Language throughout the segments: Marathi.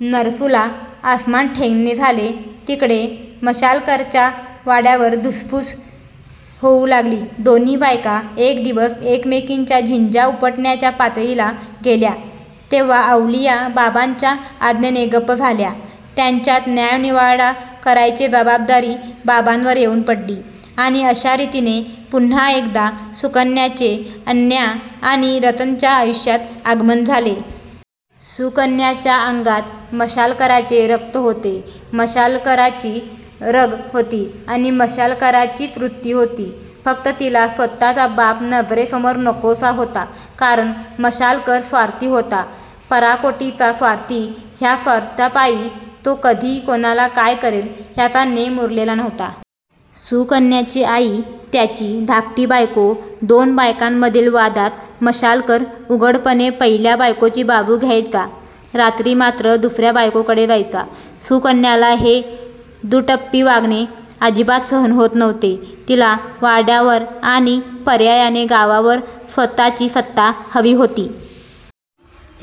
नरसूला अस्मान ठेंगणे झाले. तिकडे मशालकरच्या वाड्यावर धुसफूस होऊ लागली. दोन्ही बायका एक दिवस एकमेकींच्या झिंज्या उपटण्याच्या पातळीला गेल्या तेव्हा अवलिया बाबांच्या आज्ञेने गप्प झाल्या. त्यांच्यात न्यायनिवाडा करायची जबाबदारी बाबांवर येऊन पडली. आणि अशा रीतीने, पुन्हा एकदा सुकन्याचे अन्या आणि रतनच्या आयुष्यात आगमन झाले. सुकन्याच्या अंगात मशालकराचे रक्त होते, मशालकराची रग होती आणि मशालकराचीच वृत्ती होती. फक्त तिला स्वतःचा बाप नजरेसमोर नकोसा होता. कारण मशालकर स्वार्थी होता. पराकोटीचा स्वार्थी. ह्या स्वार्थापायी तो कधी कोणाला काय करेल ह्याचा नेम उरलेला नव्हता. सुकन्याची आई त्याची धाकटी बायको. दोन बायकांमधील वादात मशालकर उघडपणे पहिल्या बायकोची बाजू घ्यायचा. रात्री मात्र दुसऱ्या बायकोकडे जायचा. सुकन्याला हे दुटप्पी वागणे अजिबात सहन होत नव्हते. तिला वाड्यावर आणि पर्यायाने गावावर स्वतःची सत्ता हवी होती.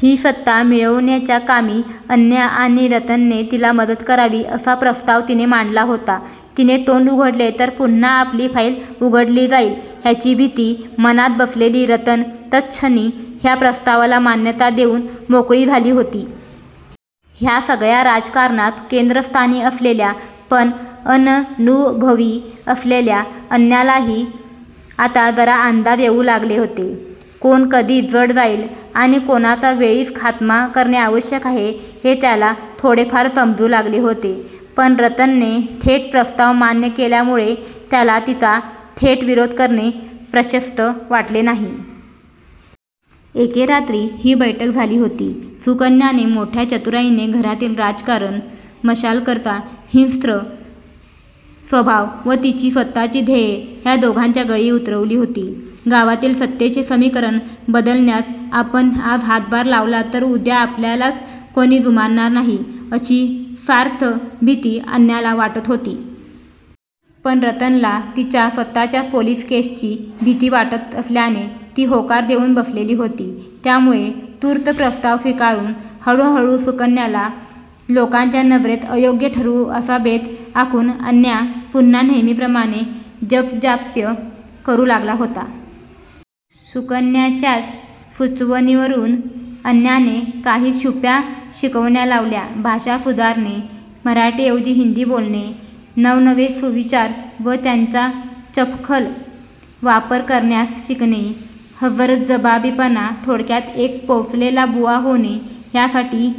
ही सत्ता मिळवण्याच्या कामी अन्या आणि रतनने तिला मदत करावी असा प्रस्ताव तिने मांडला होता. तिने तोंड उघडले तर पुन्हा आपली फाईल उघडली जाईल ह्याची भीती मनात बसलेली रतन तत्क्षणी ह्या प्रस्तावाला मान्यता देऊन मोकळी झाली होती. ह्या सगळ्या राजकारणात केंद्रस्थानी असलेल्या पण अननुभवी असलेल्या अन्यालाही आता जरा अंदाज येऊ लागले होते. कोण कधी जड जाईल आणि कोणाचा वेळीच खातमा करणे आवश्यक आहे हे त्याला थोडेफार समजू लागले होते. पण रतनने थेट प्रस्ताव मान्य केल्यामुळे त्याला तिचा थेट विरोध करणे प्रशस्त वाटले नाही. एके रात्री ही बैठक झाली होती. सुकन्याने मोठ्या चतुराईने घरातील राजकारण, मशालकरचा हिंस्त्र स्वभाव व तिची स्वतःची ध्येये ह्या दोघांच्या गळी उतरवली होती. गावातील सत्तेचे समीकरण बदलण्यास आपण आज हातभार लावला तर उद्या आपल्यालाच कोणी जुमानणार नाही अशी सार्थ भीती अन्याला वाटत होती. पण रतनला तिच्या स्वतःच्याच पोलिस केसची भीती वाटत असल्याने ती होकार देऊन बसलेली होती. त्यामुळे तूर्त प्रस्ताव स्वीकारून हळूहळू सुकन्याला लोकांच्या नजरेत अयोग्य ठरवू असा बेत आखून अन्या पुन्हा नेहमीप्रमाणे जपजाप्य करू लागला होता. सुकन्याच्याच सुचवणीवरून अन्याने काही छुप्या शिकवण्या लावल्या. भाषा सुधारणे, मराठीऐवजी हिंदी बोलणे, नवनवे सुविचार व त्यांचा चपखल वापर करण्यास शिकणे, हजरजबाबीपणा, थोडक्यात एक पोचलेला बुवा होणे ह्यासाठी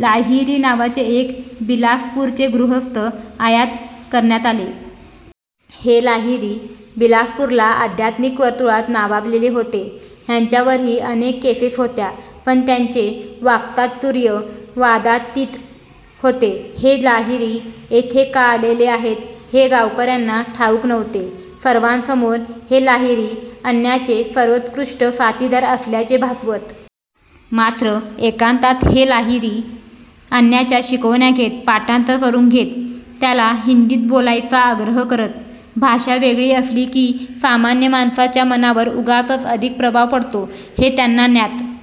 लाहिरी नावाचे एक बिलासपूरचे गृहस्थ आयात करण्यात आले. हे लाहिरी बिलासपूरला अध्यात्मिक वर्तुळात नावाजलेले होते. ह्यांच्यावरही अनेक केसेस होत्या. पण त्यांचे वाक्चातुर्य वादातीत होते. हे लाहिरी येथे का आलेले आहेत हे गावकऱ्यांना ठाऊक नव्हते. सर्वांसमोर हे लाहिरी अन्याचे सर्वोत्कृष्ट साथीदार असल्याचे भासवत. मात्र एकांतात हे लाहिरी अन्याच्या शिकवण्या घेत. पाठांतर करून घेत. त्याला हिंदीच बोलायचा आग्रह करत. भाषा वेगळी असली की सामान्य माणसाच्या मनावर उगाचच अधिक प्रभाव पडतो हे त्यांना ज्ञात